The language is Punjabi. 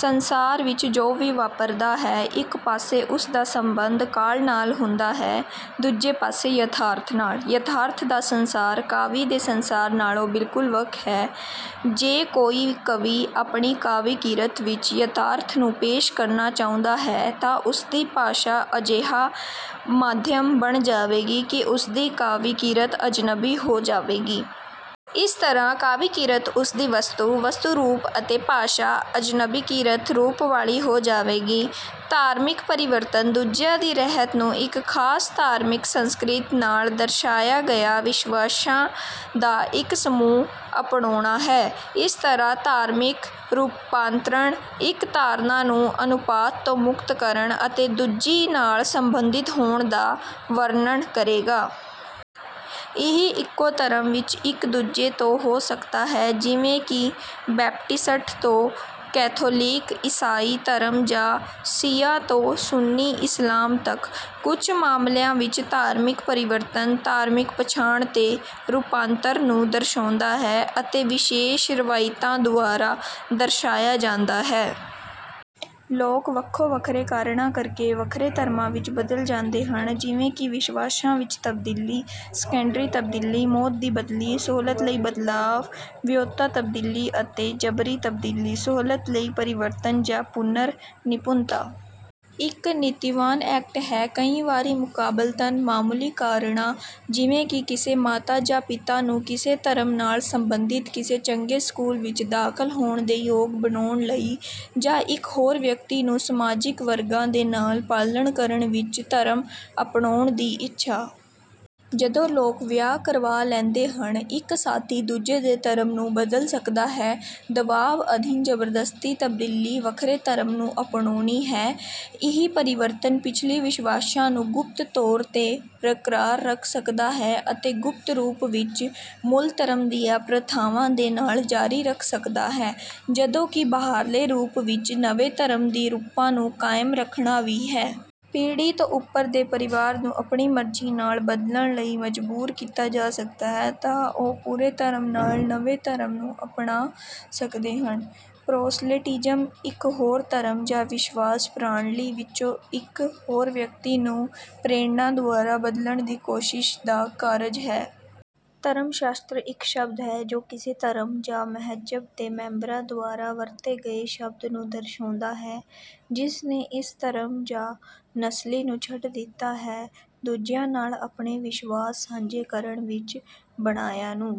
ਸੰਸਾਰ ਵਿੱਚ ਜੋ ਵੀ ਵਾਪਰਦਾ ਹੈ ਇਕ ਪਾਸੇ ਉਸ ਦਾ ਸੰਬੰਧ ਕਾਲ ਨਾਲ ਹੁੰਦਾ ਹੈ ਦੂਜੇ ਪਾਸੇ ਯਥਾਰਥ ਨਾਲ। ਯਥਾਰਥ ਦਾ ਸੰਸਾਰ ਕਾਵਿ ਦੇ ਸੰਸਾਰ ਨਾਲੋਂ ਬਿਲਕੁਲ ਵੱਖ ਹੈ। ਜੇ ਕੋਈ ਕਵੀ ਆਪਣੀ ਕਾਵਿ-ਕਿਰਤ ਵਿੱਚ ਯਥਾਰਥ ਨੂੰ ਪੇਸ਼ ਕਰਨਾ ਚਾਹੁੰਦਾ ਹੈ ਤਾਂ ਉਸਦੀ ਭਾਸ਼ਾ ਅਜਿਹਾ ਮਾਧਿਅਮ ਬਣ ਜਾਵੇਗੀ ਕਿ ਉਸਦੀ ਕਾਵਿ-ਕਿਰਤ ਅਜਨਬੀ ਹੋ ਜਾਵੇਗੀ। ਇਸ ਤਰ੍ਹਾਂ ਕਾਵਿ-ਕਿਰਤ ਉਸਦੀ ਵਸਤੂ, ਵਸਤੂ-ਰੂਪ ਅਤੇ ਭਾਸ਼ਾ ਅਜਨਬੀਕ੍ਰਿਤ ਰੂਪ ਵਾਲੀ ਹੋ ਜਾਵੇਗੀ। ਧਾਰਮਿਕ ਪਰਿਵਰਤਨ ਦੂਜਿਆਂ ਦੀ ਰਹਿਤ ਨੂੰ ਇੱਕ ਖਾਸ ਧਾਰਮਿਕ ਸੰਸਕ੍ਰਿਤ ਨਾਲ ਦਰਸਾਇਆ ਗਿਆ ਵਿਸ਼ਵਾਸਾਂ ਦਾ ਇੱਕ ਸਮੂਹ ਅਪਣਾਉਣਾ ਹੈ। ਇਸ ਤਰ੍ਹਾਂ "ਧਾਰਮਿਕ ਰੂਪਾਂਤਰਣ" ਇੱਕ ਧਾਰਨਾ ਨੂੰ ਅਨੁਪਾਤ ਤੋਂ ਮੁਕਤ ਕਰਨ ਅਤੇ ਦੂਜੀ ਨਾਲ ਸੰਬੰਧਿਤ ਹੋਣ ਦਾ ਵਰਣਨ ਕਰੇਗਾ। ਇਹ ਇੱਕੋ ਧਰਮ ਵਿੱਚ ਇੱਕ ਦੂਜੇ ਤੋਂ ਹੋ ਸਕਦਾ ਹੈ, ਜਿਵੇਂ ਕਿ ਬੈਪਟਿਸਟ ਤੋਂ ਕੈਥੋਲਿਕ ਈਸਾਈ ਧਰਮ ਜਾਂ ਸ਼ੀਆ ਤੋਂ ਸੁੰਨੀ ਇਸਲਾਮ ਤੱਕ। ਕੁਝ ਮਾਮਲਿਆਂ ਵਿੱਚ, ਧਾਰਮਿਕ ਪਰਿਵਰਤਨ "ਧਾਰਮਿਕ ਪਛਾਣ ਦੇ ਰੂਪਾਂਤਰ ਨੂੰ ਦਰਸਾਉਂਦਾ ਹੈ ਅਤੇ ਵਿਸ਼ੇਸ਼ ਰਵਾਇਤਾਂ ਦੁਆਰਾ ਦਰਸਾਇਆ ਜਾਂਦਾ ਹੈ"। ਲੋਕ ਵੱਖੋ-ਵੱਖਰੇ ਕਾਰਨਾਂ ਕਰਕੇ ਵੱਖਰੇ ਧਰਮਾਂ ਵਿੱਚ ਬਦਲ ਜਾਂਦੇ ਹਨ, ਜਿਵੇਂ ਕਿ ਵਿਸ਼ਵਾਸਾਂ ਵਿੱਚ ਤਬਦੀਲੀ, ਸੈਕੰਡਰੀ ਤਬਦੀਲੀ, ਮੌਤ ਦੀ ਬਦਲੀ, ਸਹੂਲਤ ਲਈ ਬਦਲਾਵ, ਵਿਆਹੁਤਾ ਤਬਦੀਲੀ ਅਤੇ ਜਬਰੀ ਤਬਦੀਲੀ। ਸਹੂਲਤ ਲਈ ਪਰਿਵਰਤਨ ਜਾਂ ਪੁਨਰ-ਨਿਪੁੰਨਤਾ ਇੱਕ ਨੀਤੀਵਾਨ ਐਕਟ ਹੈ, ਕਈ ਵਾਰੀ ਮੁਕਾਬਲਤਨ ਮਾਮੂਲੀ ਕਾਰਨਾਂ ਜਿਵੇਂ ਕਿ ਕਿਸੇ ਮਾਤਾ ਜਾਂ ਪਿਤਾ ਨੂੰ ਕਿਸੇ ਧਰਮ ਨਾਲ ਸਬੰਧਿਤ ਕਿਸੇ ਚੰਗੇ ਸਕੂਲ ਵਿੱਚ ਦਾਖ਼ਲ ਹੋਣ ਦੇ ਯੋਗ ਬਣਾਉਣ ਲਈ, ਜਾਂ ਇੱਕ ਹੋਰ ਵਿਅਕਤੀ ਨੂੰ ਸਮਾਜਿਕ ਵਰਗਾਂ ਦੇ ਨਾਲ ਪਾਲਣ ਕਰਨ ਵਿੱਚ ਧਰਮ ਅਪਣਾਉਣ ਦੀ ਇੱਛਾ। ਜਦੋਂ ਲੋਕ ਵਿਆਹ ਕਰਵਾ ਲੈਂਦੇ ਹਨ, ਇੱਕ ਸਾਥੀ ਦੂਜੇ ਦੇ ਧਰਮ ਨੂੰ ਬਦਲ ਸਕਦਾ ਹੈ। ਦਬਾਅ ਅਧੀਨ ਜ਼ਬਰਦਸਤੀ ਤਬਦੀਲੀ ਵੱਖਰੇ ਧਰਮ ਨੂੰ ਅਪਣਾਉਣੀ ਹੈ। ਇਹ ਪਰਿਵਰਤਨ ਪਿਛਲੀ ਵਿਸ਼ਵਾਸਾਂ ਨੂੰ ਗੁਪਤ ਤੌਰ ਤੇ ਬਰਕਰਾਰ ਰੱਖ ਸਕਦਾ ਹੈ ਅਤੇ ਗੁਪਤ ਰੂਪ ਵਿਚ, ਮੂਲ ਧਰਮ ਦੀਆਂ ਪ੍ਰਥਾਵਾਂ ਦੇ ਨਾਲ ਜਾਰੀ ਰੱਖ ਸਕਦਾ ਹੈ, ਜਦੋਂ ਕਿ ਬਾਹਰਲੇ ਰੂਪ ਵਿੱਚ ਨਵੇਂ ਧਰਮ ਦੇ ਰੂਪਾਂ ਨੂੰ ਕਾਇਮ ਰੱਖਣਾ ਵੀ ਹੈ। ਪੀੜ੍ਹੀ ਤੋਂ ਉਪਰ ਦੇ ਪਰਿਵਾਰ ਨੂੰ ਆਪਣੀ ਮਰਜ਼ੀ ਨਾਲ ਬਦਲਣ ਲਈ ਮਜਬੂਰ ਕੀਤਾ ਜਾ ਸਕਦਾ ਹੈ ਤਾਂ ਉਹ ਪੂਰੇ ਧਰਮ ਨਾਲ ਨਵੇਂ ਧਰਮ ਨੂੰ ਅਪਣਾ ਸਕਦੇ ਹਨ। ਪ੍ਰੋਸਲੇਟਿਜ਼ਮ ਇੱਕ ਹੋਰ ਧਰਮ ਜਾਂ ਵਿਸ਼ਵਾਸ ਪ੍ਰਣਾਲੀ ਵਿੱਚੋਂ ਇੱਕ ਹੋਰ ਵਿਅਕਤੀ ਨੂੰ ਪ੍ਰੇਰਣਾ ਦੁਆਰਾ ਬਦਲਣ ਦੀ ਕੋਸ਼ਿਸ਼ ਦਾ ਕਾਰਜ ਹੈ। ਧਰਮ-ਸ਼ਾਸਤਰ ਇੱਕ ਸ਼ਬਦ ਹੈ ਜੋ ਕਿਸੇ ਧਰਮ ਜਾਂ ਮਜ੍ਹਬ ਦੇ ਮੈਂਬਰਾਂ ਦੁਆਰਾ ਵਰਤੇ ਗਏ ਸ਼ਬਦ ਨੂੰ ਦਰਸਾਉਂਦਾ ਹੈ ਜਿਸ ਨੇ ਇਸ ਧਰਮ ਜਾਂ ਨਸਲੀ ਨੂੰ ਛੱਡ ਦਿੱਤਾ ਹੈ। ਦੂਜਿਆਂ ਨਾਲ ਆਪਣੇ ਵਿਸ਼ਵਾਸ ਸਾਂਝੇ ਕਰਨ ਵਿੱਚ, ਬਹਾਇਆਂ ਨੂੰ